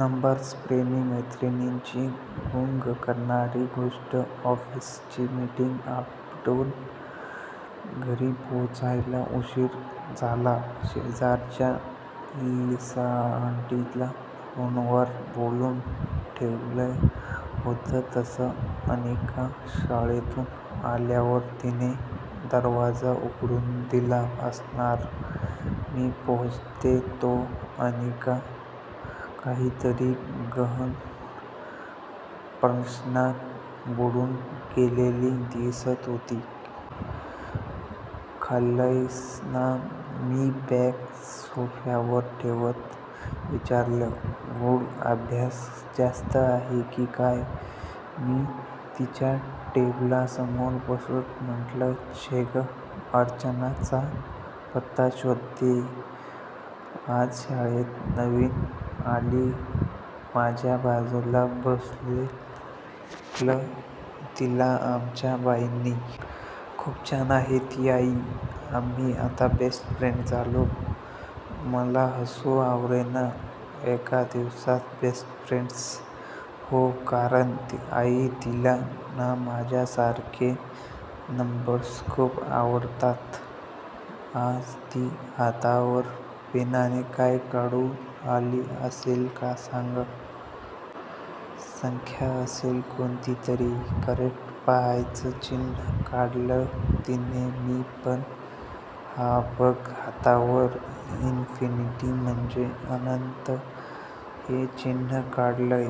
Numbers' प्रेमी मैत्रिणींची गुंग करणारी गोष्ट! ऑफिसची मीटिंग आटपून घरी पोचायला उशीर झाला. शेजारच्या लिसाआंटीला फोनवर बोलून ठेवलं होतं तसं. अनिका शाळेतून आल्यावर तिने दरवाजा उघडून दिला असणार. मी पोचते तो अनिका काहीतरी गहन प्रश्नात बुडून गेलेली दिसत होती. 'खाल्लंयस ना?' मी बॅग सोफ्यावर ठेवत विचारलं. 'गुड. अभ्यास जास्त आहे की काय?' मी तिच्या टेबलासमोर बसत म्हटलं. 'छे गं! अर्चनाचा पत्ता शोधत्येय!' 'आज शाळेत नवीन आली. माझ्या बाजूला बसवलं तिला आमच्या बाईंनी. खूप छान आहे ती, आई. आम्ही आता बेस्ट फ्रेंड्स झालो!' मला हसू आवरेना. 'एका दिवसात बेस्ट फ्रेंड्स?' 'हो. कारण आई, तिला ना माझ्यासारखे नंबर्स खूप आवडतात. आज ती हातावर पेनने काय काढून आली असेल सांग?' 'संख्या असेल कोणती तरी!' 'करेक्ट! पायचं चिन्ह काढलं तिने. मी पण हा बघ हातावर इन्फिनिटी म्हणजे अनंत हे चिन्ह काढलंय.'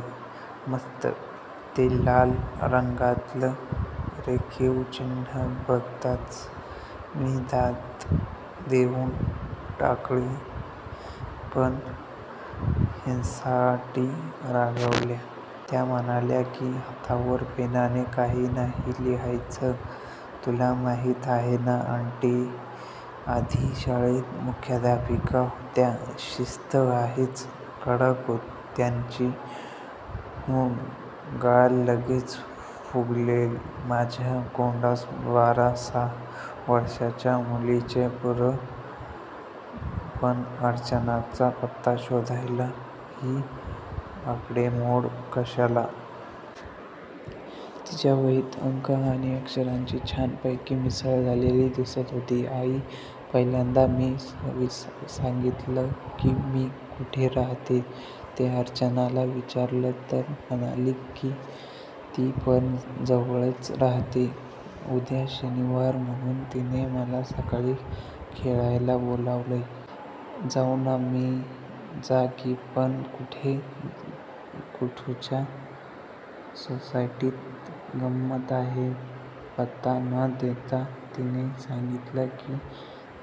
'मस्त!' ते लाल रंगातलं रेखीव चिन्ह बघताच मी दाद देऊन टाकली. 'पण लिसाआंटी रागावल्या. त्या म्हणतात की, हातावर पेनाने काही नाही लिहायचं.' 'तुला माहीत आहे ना, आंटी आधी शाळेत मुख्याध्यापिका होत्या. शिस्त आहेच कडक त्यांची.' 'हूं.' गाल लगेच फुगले माझ्या गोंडस बारा वर्षांच्या मुलीचे. 'बरं, पण अर्चनाचा पत्ता शोधायला ही आकडेमोड कशाला?' तिच्या वहीत अंक आणि अक्षरांची छानपैकी मिसळ झालेली दिसत होती. 'आई, पहिल्यांदा मी सांगितलं की मी कुठे राहते ते. अर्चनाला विचारलं, तर म्हणाली की ती पण जवळच राहते. उद्या शनिवार म्हणून तिने मला सकाळी खेळायला बोलावलंय. जाऊ ना मी?' 'जा की. पण कुठे? कुठच्या सोसायटीत?' 'गंमत आहे. पत्ता न देता तिने सांगितलं की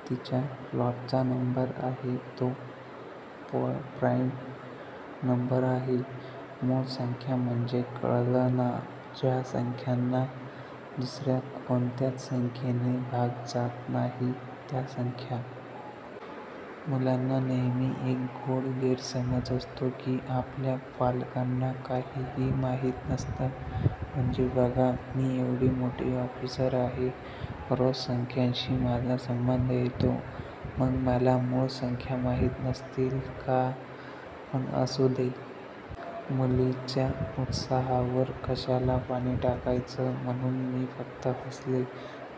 तिच्या फ्लॅटचा नंबर आहे तो प्राइम नंबर आहे. मूळ संख्या. म्हणजे कळलं ना? ज्या संख्यांना दुसऱ्या कोणत्याच संख्येने भाग जात नाही त्या संख्या.' मुलांचा नेहमी एक गोड गैरसमज असतो की आपल्या पालकांना काहीही माहीत नसतं. म्हणजे बघा, मी एवढी मोठी ऑफिसर आहे, रोज संख्यांशी माझा संबंध येतो. मग मला मूळ संख्या माहीत नसतील का? पण असू दे. मुलीच्या उत्साहावर कशाला पाणी टाकायचं, म्हणून मी फक्त हसले.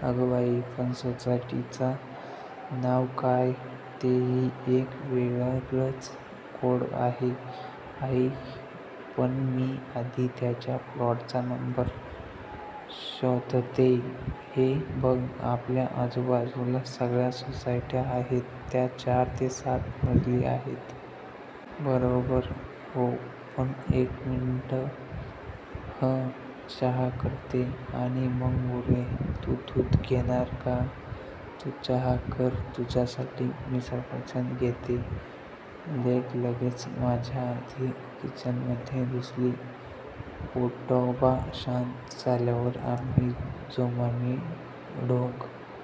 'अगं, पण सोसायटीचं नाव काय?' 'तेही एक वेगळंच कोडं आहे, आई. पण मी आधी त्यांच्या फ्लॅटचा नंबर शोधत्येय. हे बघ आपल्या आजूबाजूला सगळ्या सोसायट्या आहेत त्या चार ते सात मजली आहेत. बरोबर?' 'हो, पण एक मिनिट हं. चहा करते, आणि मग बोलूया. तू दूध घेणार का?' 'तू चहा कर तुझ्यासाठी, मी सफरचंद घेते.' लेक लगेच माझ्याआधी किचनमध्ये घुसली. पोटोबा शांत झाल्यावर आम्ही जोमाने डोकं